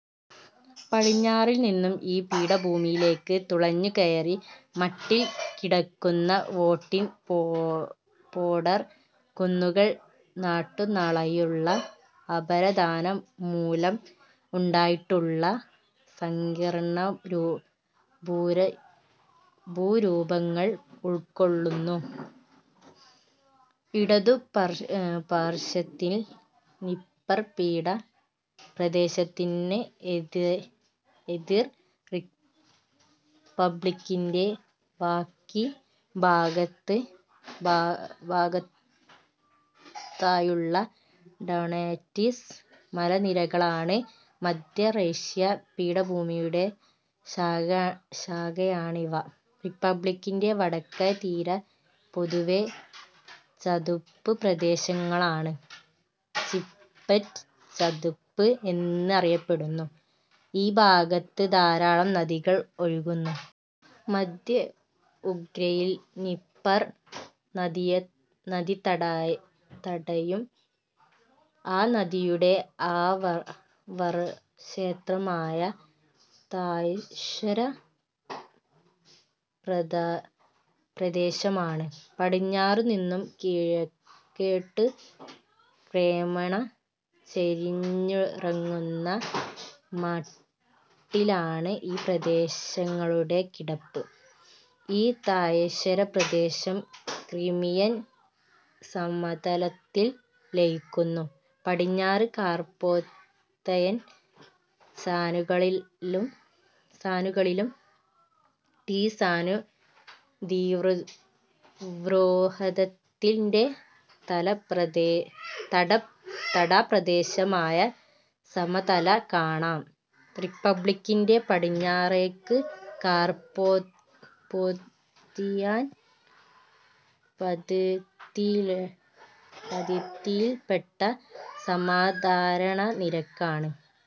പടിഞ്ഞാറുനിന്നും ഈ പീഠഭൂമിയിലേക്കു തുളഞ്ഞുകയറുന്ന മട്ടിൽ കിടക്കുന്ന വോളിൻ പോഡോൾ കുന്നുകൾ നെടുനാളായുള്ള അപരദനം മൂലം ഉണ്ടായിട്ടുള്ള സങ്കീർണമായ ഭൂരൂപങ്ങൾ ഉൾക്കൊള്ളുന്നു. ഇടതുപാർശ്വത്തിൽ നിപ്പർപീഠ പ്രദേശത്തിന്റെ അതിര്, റിപബ്ലിക്കിന്റെ വ. കി. ഭാഗത്തായുള്ള ഡൊണെറ്റ്സ് മലനിരകളാണ്; മധ്യ-റഷ്യാ പീഠഭൂമിയുടെ ശാഖയാണിവ. റിപ്പബ്ലിക്കിന്റെ വടക്കതിര് പൊതുവേ ചതുപ്പുപ്രദേശങ്ങളാണ്; പീപ്പറ്റ്ചതുപ്പ് എന്നറിയപ്പെടുന്ന ഈ ഭാഗത്ത് ധാരാളം നദികൾ ഒഴുകുന്നു. മധ്യ ഉക്രെയിൻ നീപ്പർ നദീതടവും ആ നദിയുടെ ആവാഹക്ഷേത്രമായ താഴ്വര പ്രദേശവുമാണ്. പടിഞ്ഞാറുനിന്നും കിഴക്കോട്ടു ക്രമേണ ചരിഞ്ഞിറങ്ങുന്ന മട്ടിലാണ് ഈ പ്രദേശങ്ങളുടെ കിടപ്പ്. ഈ താഴ്വരപ്രദേശം ക്രിമിയൻ സമതലത്തിൽ ലയിക്കുന്നു. പടിഞ്ഞാറ് കാർപേത്തിയൻ സാനുക്കളിലും ടീസാനദീവ്യൂഹത്തിന്റെ തടപ്രദേശമായ സമതലം കാണാം. റിപ്പബ്ലിക്കിന്റെ പടിഞ്ഞാറരിക് കാർപേത്തിയൻ പങ്തിയിൽപെട്ട സമാന്തരനിരകളാണ്.